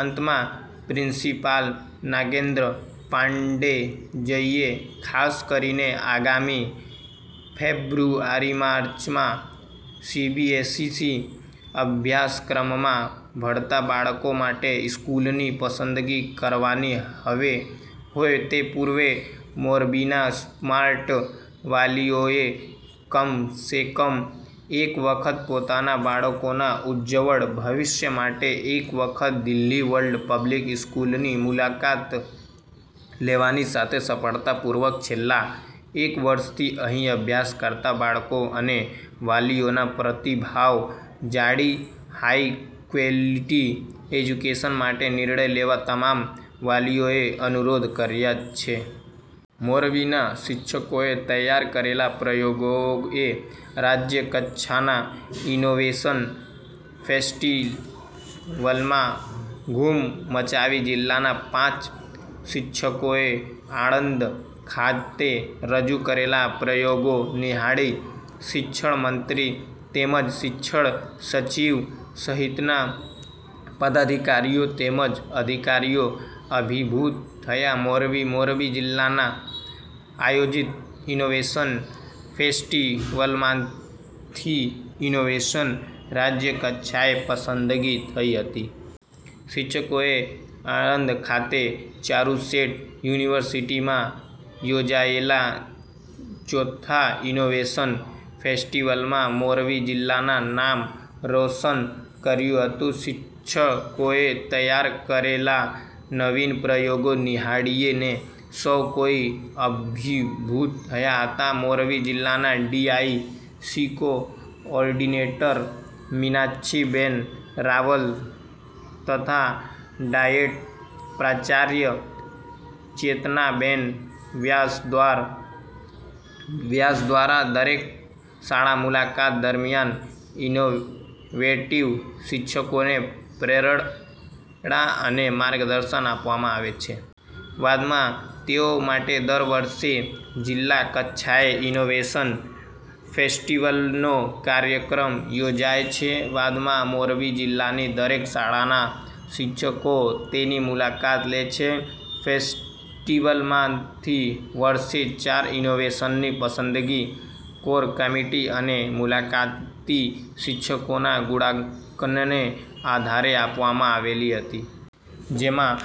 અંતમાં પ્રિન્સિપાલ નાગેન્દ્ર પાંડેજઈએ ખાસ કરીને આગામી ફેબ્રુઆરીમાર્ચમા સીબીએસસી અભ્યાસક્રમમાં ભણતા બાળકો માટે સ્કૂલની પસંદગી કરવાની હોય તે પૂર્વે મોરબીના સ્માર્ટ વાલીઓએ કમસેકમ એક વખત પોતાના બાળકોના ઉજ્જવળ ભવિષ્ય માટે એક વખત દિલ્હી વર્લ્ડ પબ્લિક સ્કૂલની મુલાકાત લેવાની સાથે સફળતા પૂર્વક છેલ્લા એક વર્ષથી અહીં અભ્યાસ કરતા બાળકો અને વાલીઓના પ્રતિભાવ જાણી હાઇક્વોલિટી એજ્યુકેશન માટે નિર્ણય લેવા તમામ વાલીઓને અનુરોધ કર્યો છે. મોરબીના શિક્ષકોએ તૈયાર કરેલા પ્રયોગોએ રાજયકક્ષાના ઇનોવેશન ફેસ્ટિવલમાં ધૂમ મચાવી જિલ્લાના પાંચ શિક્ષકોએ આણંદ ખાતે રજૂ કરેલા પ્રયોગો નિહાળી શિક્ષણમંત્રી તેમજ શિક્ષણસચિવ સહિતના પદાધિકારીઓ તેમજ અધિકારીઓ અભિભૂત થયા મોરબી મોરબી જીલ્લામાં આયોજિત ઇનોવેશન ફેસ્ટીવલમાંથીઇનોવેશનની રાજ્ય કક્ષાએ પસંદગી થઇ હતી. શિક્ષકોએ આણંદ ખાતે ચારુસેટ યુનિવર્સીટીમાં યોજાયેલા ચોથા ઇનોવેશન ફેસ્ટીવલમાં મોરબી જીલ્લાનું નામ રોશન કર્યું હતું. શિક્ષકોએ તૈયાર કરેલાનવીન પ્રયોગો નિહાળીને સૌ કોઈ અભિભૂત થયા હતા. મોરબી જીલ્લાના D I C coordinator Meenakshiben Raval તથા ડાયેટ પ્રાચાર્ય ચેતનાબેન વ્યાસ દ્વારા દરેક શાળા મુલાકાત દરમિયાન ઇનોવેટીવ શિક્ષકોને પ્રેરણા અને માર્ગદર્શન આપવામાં આવે છે. બાદમાં તેઓ માટે દર વર્ષે જીલ્લા કક્ષાએ ઇનોવેશન ફેસ્ટિવલનો કાર્યક્રમ યોજાય છે. બાદમાં મોરબી જીલ્લાની દરેક શાળાના શિક્ષકો તેની મુલાકાત લે છે. ફેસ્ટીવલમાંથીવર્ષે ચાર ઇનોવેશનની પસંદગી, કોર કમિટી અને મુલાકાતી શિક્ષકોના ગુણાંકનને આધારે કરવામાં આવેલી હતી. જેમાં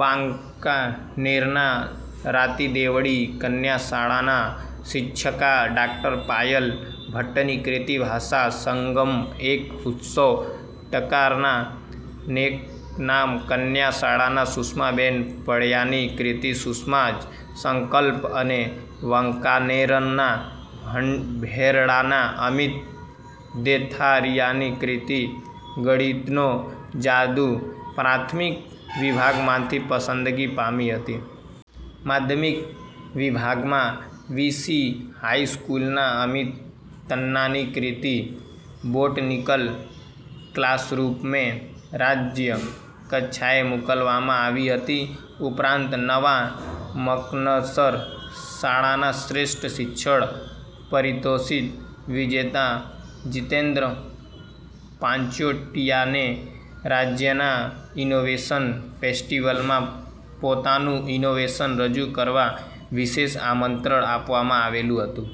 વાંકાનેરના રાતીદેવળી કન્યા શાળાના શિક્ષિકા ડૉ. પાયલ ભટ્ટની કૃતિ ભાષા સંગમએક ઉત્સવ, ટંકારાના નેકનામ કન્યા શાળાના સુષ્માબેન પડયાની કૃતિ 'સુષ્મા'ઝ સંકલ્પ' અને વાંકાનેરના ભેરડાના અમિત દેથારિયાની કૃતિ 'ગણિતનો જાદુ' પ્રાથમિક વિભાગમાંથી પસંદગી પામી હતી. માધ્યમિક વિભાગમાં વી. સી. હાઇસ્કુલના અમિત તન્નાની કૃતિ બોટનીકલ ક્લાસરૂમને રાજય કક્ષાએ મોકલવામાં આવી હતી. ઉપરાંત નવા મકનસર શાળાના શ્રેષ્ઠ શિક્ષક પારિતોષિક વિજેતા જીતેન્દ્ર પાંચોટિયાને રાજ્યના ઇનોવેશન ફેસ્ટીવલમાં પોતાનું ઇનોવેશન રજુ કરવા વિશેષ આમંત્રણ આપવામાં આવેલું હતું.